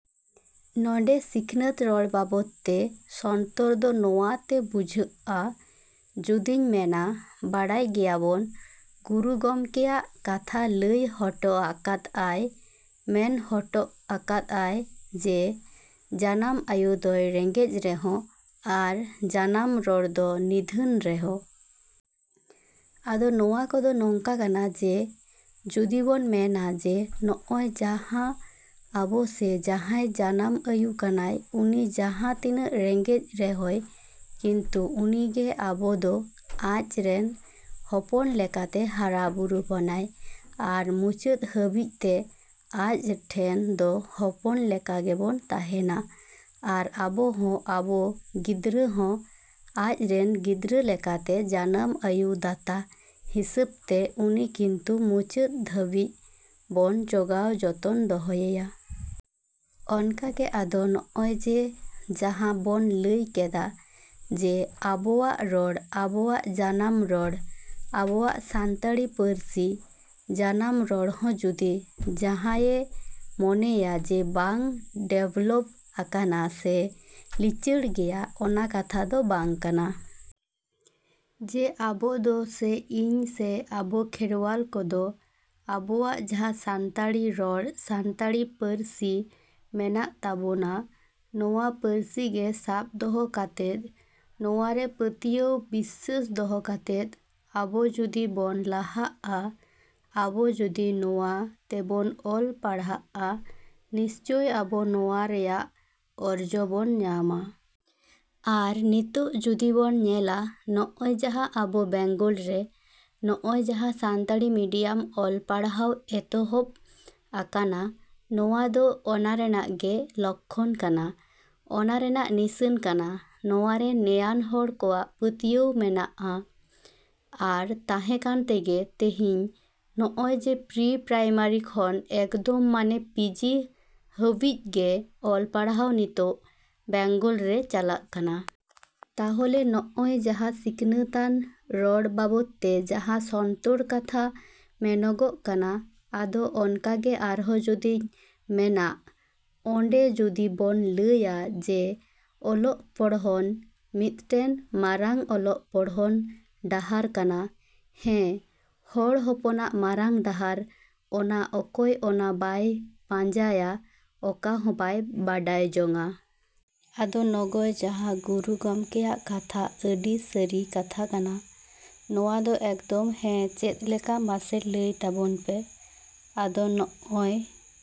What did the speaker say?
ᱱᱚᱸᱰᱮ ᱥᱤᱠᱷᱱᱟᱹᱛ ᱨᱚᱲ ᱵᱟᱵᱚᱫ ᱛᱮ ᱥᱚᱱᱛᱚᱨ ᱫᱚ ᱱᱚᱣᱟᱛᱮ ᱵᱩᱡᱷᱟᱹᱜᱼᱟ᱾ ᱡᱩᱫᱤᱧ ᱢᱮᱱᱟ, ᱵᱟᱲᱟᱭ ᱜᱮᱭᱟᱵᱚᱱ ᱜᱩᱨᱩ ᱜᱚᱢᱠᱮᱭᱟᱜ ᱠᱟᱛᱷᱟ ᱞᱟᱹᱭ ᱦᱚᱴᱚ ᱟᱠᱟᱫ ᱟᱭ, ᱢᱮᱱ ᱦᱚᱴᱚᱜ ᱟᱠᱟᱫ ᱟᱭ ᱡᱮ ᱡᱟᱱᱟᱢ ᱟᱭᱳ ᱫᱚᱭ ᱨᱮᱸᱜᱮᱡᱽ ᱨᱮᱦᱚᱸ ᱟᱨ ᱡᱟᱱᱟᱢ ᱨᱚᱲ ᱫᱚ ᱱᱤᱫᱷᱟᱹᱱ ᱨᱮᱦᱚᱸ᱾ ᱟᱫᱚ ᱱᱚᱣᱟ ᱠᱚᱫᱚ ᱱᱚᱝᱠᱟ ᱠᱟᱱᱟ ᱡᱮ ᱡᱩᱫᱤ ᱵᱚᱱ ᱢᱮᱱᱟ ᱡᱮ ᱱᱚᱜᱼᱚᱭ ᱡᱟᱦᱟᱸ ᱟᱵᱚ ᱥᱮ ᱡᱟᱦᱟᱸᱭ ᱡᱟᱱᱟᱢ ᱟᱹᱭᱩ ᱠᱟᱱᱟᱭ, ᱩᱱᱤ ᱡᱟᱦᱟᱸ ᱛᱤᱱᱟᱹᱜ ᱨᱮᱸᱜᱮᱡᱽ ᱨᱮᱦᱚᱸᱭ ᱠᱤᱱᱛᱩ ᱩᱱᱤᱜᱮ ᱟᱵᱚᱫᱚ ᱟᱪᱨᱮᱱ ᱦᱚᱯᱚᱱ ᱞᱮᱠᱟᱛᱮ ᱦᱟᱨᱟᱼᱵᱩᱨᱩ ᱵᱚᱱᱟᱭ ᱟᱨ ᱢᱩᱪᱟᱹᱫ ᱦᱟᱹᱵᱤᱡ ᱛᱮ ᱟᱡ ᱴᱷᱮᱱ ᱫᱚ ᱦᱚᱯᱚᱱ ᱞᱮᱠᱟ ᱜᱮᱵᱚᱱ ᱛᱟᱦᱮᱱᱟ ᱟᱨ ᱟᱵᱚᱦᱚᱸ ᱟᱵᱚ ᱜᱤᱫᱽᱨᱟᱹ ᱦᱚᱸ ᱟᱡ ᱨᱮᱱ ᱜᱤᱫᱽᱨᱟᱹ ᱞᱮᱠᱟᱛᱮ ᱡᱟᱱᱟᱢ ᱟᱹᱭᱩ ᱫᱟᱛᱟ ᱦᱤᱥᱟᱹᱵᱛᱮ ᱩᱱᱤ ᱠᱤᱱᱛᱩ ᱢᱩᱪᱟᱹᱫᱽ ᱫᱷᱟᱹᱵᱤᱡ ᱵᱚᱱ ᱡᱚᱜᱟᱣ ᱡᱚᱛᱚᱱ ᱫᱚᱦᱚᱭᱮᱭᱟ᱾ ᱚᱱᱠᱟᱜᱮ ᱟᱫᱚ ᱱᱚᱜᱼᱚᱭ ᱡᱮ ᱡᱟᱦᱟᱸ ᱵᱚᱱ ᱞᱟᱹᱭ ᱠᱮᱫᱟ ᱡᱮ ᱟᱵᱚᱣᱟᱜ ᱨᱚᱲ, ᱟᱵᱚᱣᱟᱜ ᱡᱟᱱᱟᱢ ᱨᱚᱲ, ᱟᱵᱚᱣᱟᱜ ᱥᱟᱱᱛᱟᱲᱤ ᱯᱟᱹᱨᱥᱤ ᱡᱟᱱᱟᱢ ᱨᱚᱲ ᱦᱚᱸ ᱡᱩᱫᱤ ᱡᱟᱦᱟᱸᱭᱮ ᱢᱚᱱᱮᱭᱟ ᱡᱮ ᱵᱟᱝ ᱰᱮᱵᱷᱞᱚᱯ ᱟᱠᱟᱱᱟ ᱥᱮ ᱞᱤᱪᱟᱹᱲ ᱜᱮᱭᱟ, ᱚᱱᱟ ᱠᱟᱛᱷᱟ ᱫᱚ ᱵᱟᱝ ᱠᱟᱱᱟ᱾ ᱡᱮ ᱟᱵᱚ ᱫᱚ ᱥᱮ ᱤᱧ ᱥᱮ ᱟᱵᱚ ᱠᱷᱮᱨᱣᱟᱞ ᱠᱚᱫᱚ ᱟᱵᱚᱣᱟᱜ ᱡᱟᱦᱟᱸ ᱥᱟᱱᱛᱟᱲᱤ ᱨᱚᱲ, ᱥᱟᱱᱛᱟᱲᱤ ᱯᱟᱹᱨᱥᱤ ᱢᱮᱱᱟᱜ ᱛᱟᱵᱳᱱᱟ, ᱱᱚᱣᱟ ᱯᱟᱹᱨᱥᱤᱜᱮ ᱥᱟᱵ ᱫᱚᱦᱚ ᱠᱟᱛᱮᱫ, ᱱᱚᱣᱟᱨᱮ ᱯᱟᱹᱛᱭᱟᱹᱣ ᱵᱤᱥᱥᱟᱹᱥ ᱫᱚᱦᱚ ᱠᱟᱛᱮᱫ ᱟᱵᱚ ᱡᱩᱫᱤ ᱵᱚᱱ ᱞᱟᱦᱟᱜᱼᱟ, ᱟᱵᱚ ᱡᱩᱫᱤ ᱱᱚᱣᱟ ᱛᱮᱵᱚᱱ ᱚᱞ ᱯᱟᱲᱦᱟᱜᱼᱟ, ᱱᱤᱥᱪᱳᱭ ᱟᱵᱚ ᱱᱚᱣᱟ ᱨᱮᱭᱟᱜ ᱚᱨᱡᱚ ᱵᱚᱱ ᱧᱟᱢᱟ᱾ ᱟᱨ ᱱᱤᱛᱚᱜ ᱡᱩᱫᱤ ᱵᱚᱱ ᱧᱮᱞᱟ, ᱱᱚᱜᱼᱚᱭ ᱡᱟᱦᱟᱸ ᱟᱵᱚ ᱵᱮᱝᱜᱚᱞ ᱨᱮ ᱱᱚᱜᱼᱚᱭ ᱡᱟᱦᱟᱸ ᱥᱟᱱᱛᱟᱲᱤ ᱢᱤᱰᱤᱭᱟᱢ ᱚᱞᱯᱟᱲᱦᱟᱣ ᱮᱛᱦᱚᱵ ᱟᱠᱟᱱᱟ, ᱱᱚᱣᱟᱫᱚ ᱚᱱᱟ ᱨᱮᱱᱟᱜ ᱜᱮ ᱞᱚᱠᱠᱷᱚᱱ ᱠᱟᱱᱟ, ᱚᱱᱟ ᱨᱮᱱᱟᱜ ᱱᱤᱥᱟᱹᱱ ᱠᱟᱱᱟ᱾ ᱱᱚᱣᱟᱨᱮ ᱱᱮᱭᱟᱱ ᱦᱚᱲ ᱠᱚᱣᱟᱜ ᱯᱟᱹᱛᱭᱟᱹᱣ ᱢᱮᱱᱟᱜ ᱟ ᱟᱨ ᱛᱟᱦᱮᱸ ᱠᱟᱱ ᱛᱮᱜᱮ ᱛᱮᱦᱤᱧ ᱱᱚᱜᱼᱚᱭ ᱡᱮ ᱯᱨᱤ ᱯᱨᱟᱭᱢᱟᱨᱤ ᱠᱷᱚᱱ ᱮᱠᱫᱚᱢ ᱢᱟᱱᱮ ᱯᱤᱡᱤ ᱦᱟᱹᱵᱤᱡ ᱜᱮ ᱚᱞ ᱯᱟᱲᱦᱟᱣ ᱱᱤᱛᱚᱜ ᱵᱮᱝᱜᱚᱞ ᱨᱮ ᱪᱟᱞᱟᱜ ᱠᱟᱱᱟ᱾ ᱛᱟᱦᱞᱮ ᱱᱚᱜᱼᱚᱭ ᱡᱟᱦᱟᱸ ᱥᱤᱠᱷᱱᱟᱹᱛᱟᱱ ᱨᱚᱲ ᱵᱟᱵᱚᱫ ᱛᱮ ᱡᱟᱦᱟᱸ ᱥᱚᱱᱛᱚᱨ ᱠᱟᱛᱷᱟ ᱢᱮᱱᱚᱜᱚᱜ ᱠᱟᱱᱟ᱾ ᱟᱫᱚ ᱚᱱᱠᱟᱜᱮ ᱟᱨᱦᱚᱸ ᱡᱩᱫᱤᱧ ᱢᱮᱱᱟᱜ, ᱚᱸᱰᱮ ᱡᱩᱫᱤ ᱵᱚᱱ ᱞᱟᱹᱭᱟ ᱡᱮ ᱚᱞᱚᱜ ᱯᱚᱲᱦᱚᱱ ᱢᱤᱫᱴᱮᱱ ᱢᱟᱨᱟᱝ ᱚᱞᱚᱜ ᱯᱚᱲᱦᱚᱱ ᱰᱟᱦᱟᱨ ᱠᱟᱱᱟ, ᱦᱮᱸ ᱦᱚᱲ ᱦᱚᱯᱚᱱᱟᱜ ᱢᱟᱨᱟᱝ ᱰᱟᱦᱟᱨ ᱚᱱᱟ ᱚᱠᱚᱭ ᱚᱱᱟ ᱵᱟᱭ ᱯᱟᱸᱡᱟᱭᱟ, ᱚᱠᱟ ᱦᱚᱸ ᱵᱟᱭ ᱵᱟᱰᱟᱭ ᱡᱚᱝᱟ᱾ ᱟᱫᱚ ᱱᱚᱜᱚᱭ ᱡᱟᱦᱟᱸ ᱜᱩᱨᱩ ᱜᱚᱢᱠᱮᱭᱟᱜ ᱠᱟᱛᱷᱟ ᱟᱹᱰᱤ ᱥᱟᱹᱨᱤ ᱠᱟᱛᱷᱟ ᱠᱟᱱᱟ ᱱᱚᱣᱟᱫᱚ ᱮᱠᱫᱚᱢ ᱦᱮᱸ ᱪᱮᱫ ᱞᱮᱠᱟ ᱢᱟᱥᱮ ᱞᱟᱹᱭ ᱛᱟᱵᱚᱱ ᱯᱮ᱾ ᱟᱫᱚ ᱱᱚᱜᱼᱚᱭ᱾